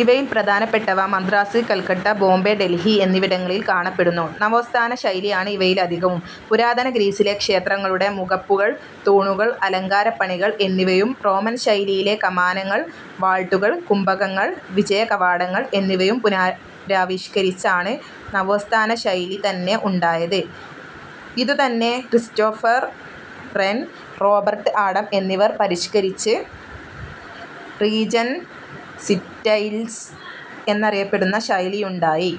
ഇവയിൽ പ്രധാനപ്പെട്ടവ മദ്രാസ്, കൽക്കട്ട, ബോംബെ, ഡൽഹി എന്നിവിടങ്ങളിൽ കാണപ്പെടുന്നു. നവോസ്ഥാന ശൈലിയാണ് ഇവയിലധികവും. പുരാതനഗ്രീസിലെ ക്ഷേത്രങ്ങളുടെ മുഖപ്പുകൾ, തൂണുകൾ, അലങ്കാരപ്പണികൾ എന്നിവയും റോമൻ ശൈലിയിലെ കമാനങ്ങൾ, വാൾട്ടുകൾ, കുംഭകങ്ങൾ, വിജയകവാടങ്ങൾ എന്നിവയും പുനരാവിഷ്കരിച്ചാണ് നവോസ്ഥാന ശൈലിതന്നെ ഉണ്ടായത്. ഇതു തന്നെ ക്രിസ്റ്റോഫർ റെൻ, റോബർട്ട് ആഡം എന്നിവർ പരിഷ്കരിച്ച് റീജൻസിസ്റ്റൈൽസ് എന്നറിയപ്പെടുന്ന ശൈലിയുണ്ടായി.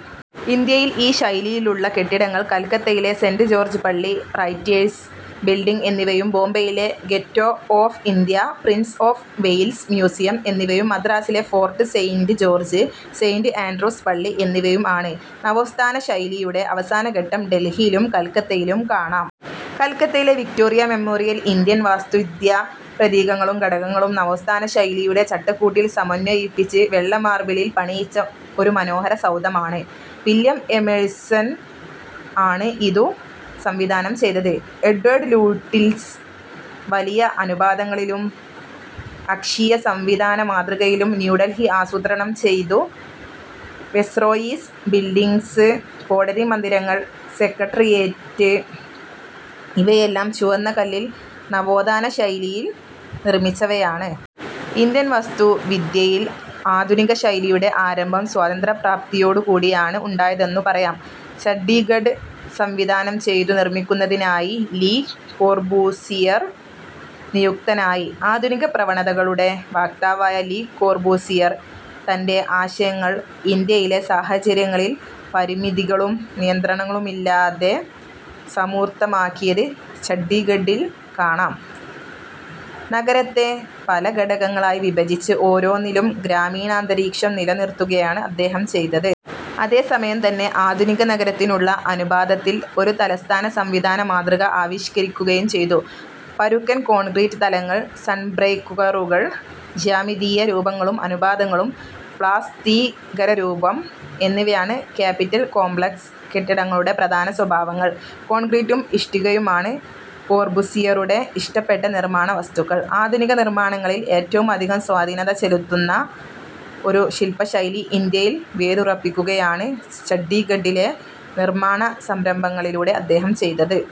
ഇന്ത്യയിൽ ഈ ശൈലിയിലുള്ള കെട്ടിടങ്ങൾ കൽക്കത്തയിലെ സെന്റ് ജോർജ്പള്ളി റൈറ്റേഴ്സ് ബിൽഡിംഗ് എന്നിവയും ബോബെയിലെ gateway of India, Prince of Wales museum എന്നിവയും മദ്രാസിലെ fort Saint George, Saint Andrews പള്ളി എന്നിവയും ആണ്. നവോസ്ഥാനശൈലിയുടെ അവസാനഘട്ടം ഡൽഹിയിലും കൽക്കത്തയിലും കാണാം. കൽക്കത്തയിലെ വിക്റ്റോറിയ മെമ്മോറിയൽ ഇന്ത്യൻ വാസ്തുവിദ്യാ പ്രതീകങ്ങളും ഘടകങ്ങളും നവോസ്ഥാനശൈലിയുടെ ചട്ടക്കൂട്ടിൽ സമന്വയിപ്പിച്ച് വെള്ളമാർബിളിൽ പണിയിച്ച ഒരുമനോഹര സൗധമാണ്. വില്യം എമേഴ്സൺ ആണ് ഇതു സംവിധാനം ചെയ്തത്. എഡ്വേർഡ് ലൂട്ടിൽസ് വലിയ അനുപാതങ്ങളിലും അക്ഷീയസംവിധാന മാതൃകയിലും ന്യൂഡൽഹി ആസൂത്രണം ചെയ്തു വൈസ്രോയീസ് ബിൽഡിംഗ്സ്, കോടതിമന്ദിരങ്ങൾ, സെക്രട്ടേറിയറ്റ് ഇവയെല്ലാം ചുവന്നകല്ലിൽ നവോത്ഥാനശൈലിയിൽ നിർമിച്ചവയാണ്. ഇന്ത്യൻവാസ്തു വിദ്യയിൽ ആധുനികശൈലിയുടെ ആരംഭം സ്വാതന്ത്ര്യ പ്രാപ്തിയോടുകൂടിയാണ് ഉണ്ടായതെന്നു പറയാം. ചണ്ഡിഗഡ് സംവിധാനം ചെയ്തു നിർമ്മിക്കുന്നതിനായി ലീ കോർബൂസിയർ നിയുക്തനായി. ആധുനിക പ്രവണതകളുടെ വക്താവായ ലീ കോർബൂസിയർ തന്റെ ആശയങ്ങൾ ഇന്ത്യയിലെ സാഹചര്യങ്ങളിൽ പരിമിതികളും നിയന്ത്രണങ്ങളുമില്ലാതെ സമൂർത്തമാക്കിയത് ചണ്ഡിഗഡിൽ കാണാം. നഗരത്തെ പല ഘടകങ്ങളായി വിഭജിച്ച് ഓരോന്നിലും ഗ്രാമീണാന്തരീക്ഷം നിലനിർത്തുകയാണ് അദ്ദേഹം ചെയ്തത്. അതേ സമയംതന്നെ ആധുനിക നഗരത്തിനുള്ള അനുപാതത്തിൽ ഒരു തലസ്ഥാന സംവിധാനമാതൃക ആവിഷ്കരിക്കുകയും ചെയ്തു. പരുക്കൻ കോൺക്രീറ്റ് തലങ്ങൾ, സൺബ്രേക്കറുകൾ, ജ്യാമിതീയ രൂപങ്ങളും അനുപാതങ്ങളും, പ്ലാസ്തീകരരൂപം എന്നിവയാണ് കാപ്പിറ്റൽ കോംപ്ലക്സ് കെട്ടിടങ്ങളുടെ പ്രധാന സ്വഭാവങ്ങൾ. കോൺക്രീറ്റും ഇഷ്ടികയുമാണ് കോർബുസിയറുടെ ഇഷ്ടപ്പെട്ട നിർമ്മാണ വസ്തുക്കൾ. ആധുനിക നിർമ്മാണങ്ങളിൽ ഏറ്റവും അധികം സ്വാധീനത ചെലുത്തുന്ന ഒരു ശില്പശൈലി ഇന്ത്യയിൽ വേരുറപ്പിക്കുകയാണ് ചണ്ഡിഗഡിലെ നിർമ്മാണ സംരംഭങ്ങളിലൂടെ അദ്ദേഹം ചെയ്തത്.